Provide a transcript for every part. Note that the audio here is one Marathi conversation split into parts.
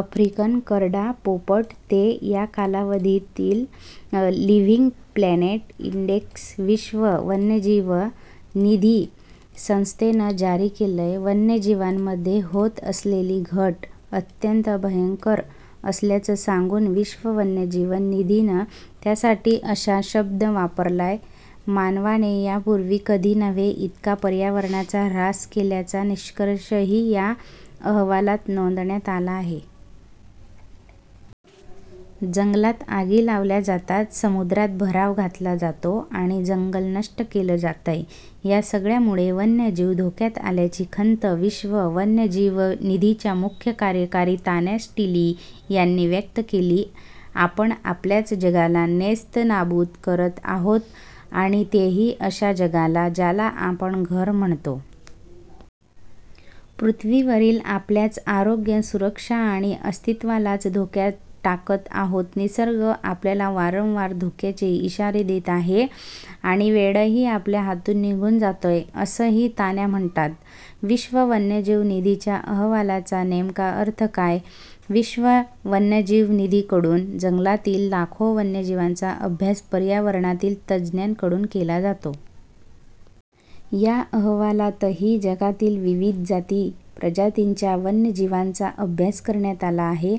आफ्रिकन करडा पोपट ते या कालावधीतील 'लिव्हिंग प्लॅनेट इंडेक्स' विश्व वन्यजीव निधी संस्थेनं जारी केलंय. वन्यजीवांमध्ये होत असलेली घट अत्यंत भयंकर असल्याचं सांगून विश्व वन्यजीव निधीनं त्यासाठी असा शब्द वापरलाय. मानवाने यापूर्वी कधी नव्हे इतका पर्यावरणाचा ऱ्हास केल्याचा निष्कर्षही या अहवालात नोंदवण्यात आला आहे. जंगलात आगी लावल्या जातात समुद्रात भराव घातला जातो आणि जंगल नष्ट केलं जातंय, या सगळ्यामुळे वन्यजीव धोक्यात आल्याची खंत विश्व वन्यजीव निधीच्या मुख्य कार्यकारी तान्या स्टिली यांनी व्यक्त केली. आपण आपल्याच जगाला नेस्तनाबूत करत आहोत आणि तेही अशा जगाला ज्याला आपण घर म्हणतो. पृथ्वीवरील आपलयाच आरोग्य सुरक्षा आणि अस्तित्त्वालाच धोक्यात टाकत आहोत. निसर्ग आपल्याला वारंवर धोक्याचे इशारे देत आहे आणि वेळही आपल्या हातून निघून जातोय असंही तान्या म्हणतात. विश्व वन्यजीव निधीच्या अहवालाचा नेमका अर्थ काय? विश्व वन्यजीव निधीकडून जंगलातील लाखो वन्यजीवांचा अभ्यास पर्यावरणातील तज्ज्ञांकडून केला जातो. या अहवालातही जगातील विविध जाती-प्रजातींच्या वन्यजीवांचा अभ्यास करण्यात आला आहे.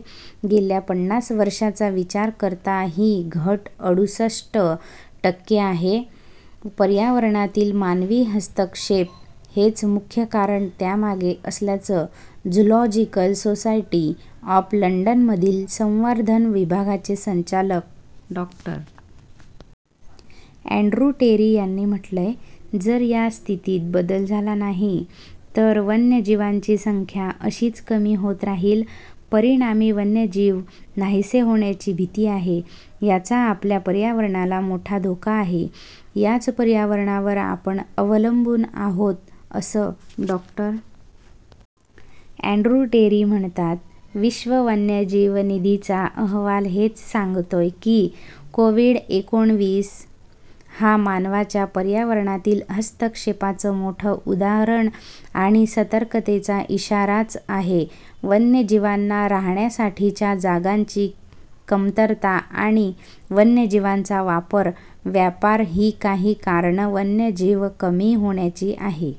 गेल्या पन्नास वर्षांचा विचार करता ही घट अडुसष्ट टक्के आहे. पर्यावरणातील मानवी हस्तक्षेप हेच मुख्य कारण त्यामागे असल्याचं झूलॉजिकल सोसायटी ऑफ लंडन मधील संवर्धन विभागाचे संचालक डॉ. अँड्र्यू टेरी यांनी म्हटलंय. जर या स्थितीत बदल झाला नाही, तर वन्यजीवांची संख्या अशीच कमी होत राहील, परिणामी वन्यजीव नाहीसे होण्याची भीती आहे, याचा आपल्या पर्यावरणाला मोठा धोका आहे. याच पर्यावरणावर आपण अवलंबून आहोत असं डॉ. अँड्र्यू टेरी म्हणतात. विश्व वन्यजीव निधीचा अहवाल हेच सांगतोय की, कोव्हिड-एकोणविस हा मानवाच्या पर्यावरणातील हस्तक्षेपाचं मोठं उदाहरण आणि सतर्कतेचा इशाराच आहे. वन्यजीवांना राहण्यासाठीच्या जागांची कमतरता आणि वन्यजीवांचा वापर, व्यापर ही काही कारणं वन्यजीव कमी होण्याची आहेत.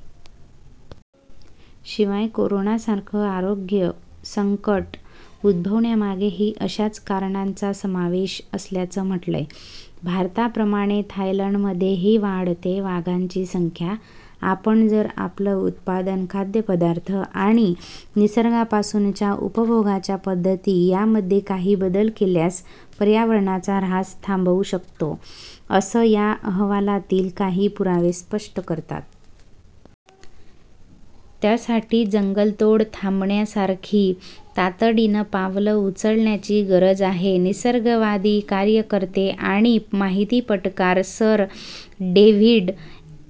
शिवाय, कोरोनासारखं आरोग्य संकट उद्भवण्यामागेही अशाच कारणांचा समावेश असल्याचं म्हटलंय. भारताप्रमाणे थायलंडमध्येही वाढतेय वाघांची संख्या आपण जर आपलं उत्पादन, खाद्यपदार्थ आणि निसर्गापासूनच्या उपभोगाच्या पद्धती यांमध्ये काही बदल केल्यास पर्यावरणाचा ऱ्हास थांबवू शकतो, असं या अहवालातील काही पुरावे स्पष्ट करतात. त्यासाठी जंगतोड थांबवण्यासारखी तातडीनं पावलं उचलण्याची गरज आहे. निसर्गवादी कार्यकर्ते आणि माहितीपटकार सर डेव्हिड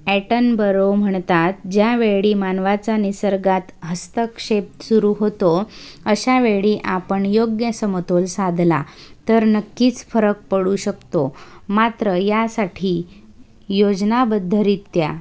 अॅटनबरो म्हणतात, ज्यावेळी मानवाचा निसर्गात हस्तक्षेप सुरू होतो, अशावेळी आपण योग्य समतोल साधला, तर नक्कीच फरक पडू शकतो. मात्र, यासाठी योजनाबद्धरित्या